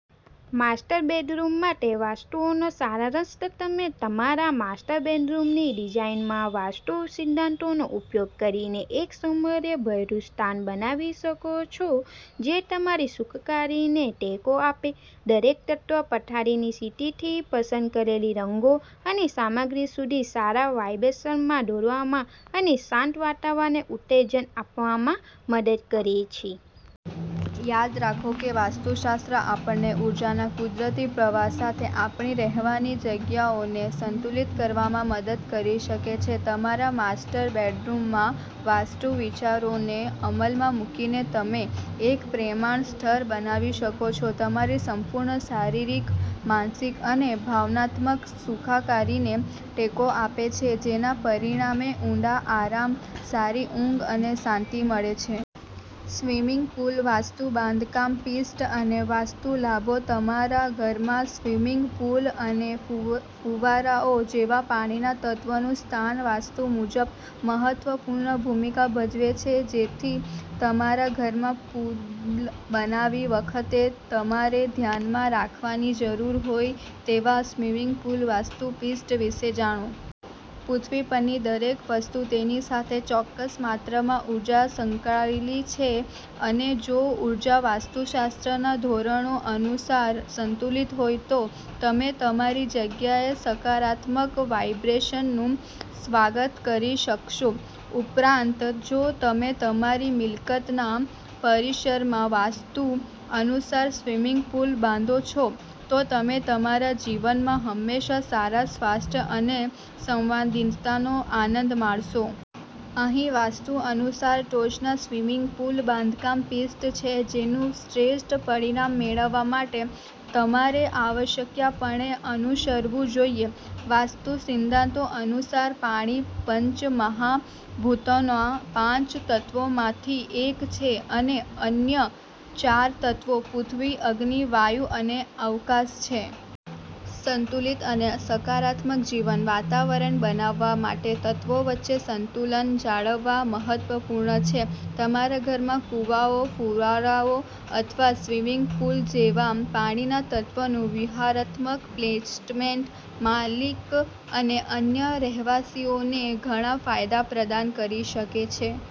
Master bedroom માટે વાસ્તુનો સારાંશ તમે તમારા માસ્ટર બેડરૂમની ડિઝાઇનમાં વાસ્તુ સિદ્ધાંતોનો ઉપયોગ કરીને એક સુમેળભર્યું સ્થાન બનાવી શકો છો જે તમારી સુખાકારીને ટેકો આપે. દરેક તત્વ, પથારીની સ્થિતિથી પસંદ કરેલ રંગો અને સામગ્રી સુધી, સારા વાઇબ્સમાં દોરવામાં અને શાંત વાતાવરણને ઉત્તેજન આપવામાં મદદ કરે છે. યાદ રાખો કે વાસ્તુશાસ્ત્ર આપણને ઊર્જાના કુદરતી પ્રવાહ સાથે આપણી રહેવાની જગ્યાઓને સંતુલિત કરવામાં મદદ કરી શકે છે. તમારા માસ્ટર બેડરૂમમાંવાસ્તુ વિચારોને અમલમાં મૂકીને, તમે એક પ્રેમાળ સ્થળ બનાવી શકો છો. તમારી સંપૂર્ણ શારીરિક, માનસિક અને ભાવનાત્મક સુખાકારીને ટેકો આપે છે, જેના પરિણામે ઊંડા આરામ, સારી ઊંઘ અને શાંતિ મળે છે. સ્વિમિંગ પૂલ વાસ્તુ બાંધકામ ટિપ્સ અને વાસ્તુ લાભો તમારા ઘરમાં સ્વિમિંગ પુલ અને ફુવારાઓ જેવા પાણીના તત્વોનું સ્થાન વાસ્તુ મુજબ મહત્વપૂર્ણ ભૂમિકા ભજવે છે. તેથી તમારા ઘરમાં પૂલ બનાવતી વખતે તમારે ધ્યાનમાં રાખવાની જરૂર હોય તેવા સ્વિમિંગ પૂલ વાસ્તુ ટિપ્સ વિશે જાણો. પૃથ્વી પરની દરેક વસ્તુ તેની સાથે ચોક્કસ માત્રામાં ઉર્જા સંકળાયેલી છે અને જોઉર્જા વાસ્તુશાસ્ત્રના ધોરણો અનુસાર સંતુલિત હોય, તો તમે તમારી જગ્યાએ સકારાત્મક વાઇબ્સનું સ્વાગત કરી શકશો. ઉપરાંત, જો તમે તમારી મિલકતના પરિસરમાં વાસ્તુ અનુસાર સ્વિમિંગ પૂલ બાંધો છો, તો તમે તમારા જીવનમાં હંમેશા સારા સ્વાસ્થ્ય અને સંવાદિતાનો આનંદ માણશો. અહીં વાસ્તુ અનુસાર ટોચના સ્વિમિંગ પૂલ બાંધકામ ટિપ્સ છે જેનું શ્રેષ્ઠ પરિણામ મેળવવા માટે તમારે આવશ્યકપણે અનુસરવું જોઈએ. વાસ્તુ સિદ્ધાંતો અનુસાર, પાણીપંચમહાભૂતોના પાંચ તત્વોમાંથી એક છે અને અન્ય ચાર તત્વો પૃથ્વી, અગ્નિ, વાયુ અને અવકાશ છે. સંતુલિત અને સકારાત્મક જીવન વાતાવરણ બનાવવા માટેતત્વો વચ્ચે સંતુલન જાળવવું મહત્વપૂર્ણ છે. તમારા ઘરમાં કુવાઓ, ફુવારા અથવા સ્વિમિંગ પુલ જેવા પાણીના તત્વોનું વ્યૂહાત્મક પ્લેસમેન્ટ, માલિક અને અન્ય રહેવાસીઓને ઘણા ફાયદા પ્રદાન કરી શકે છે.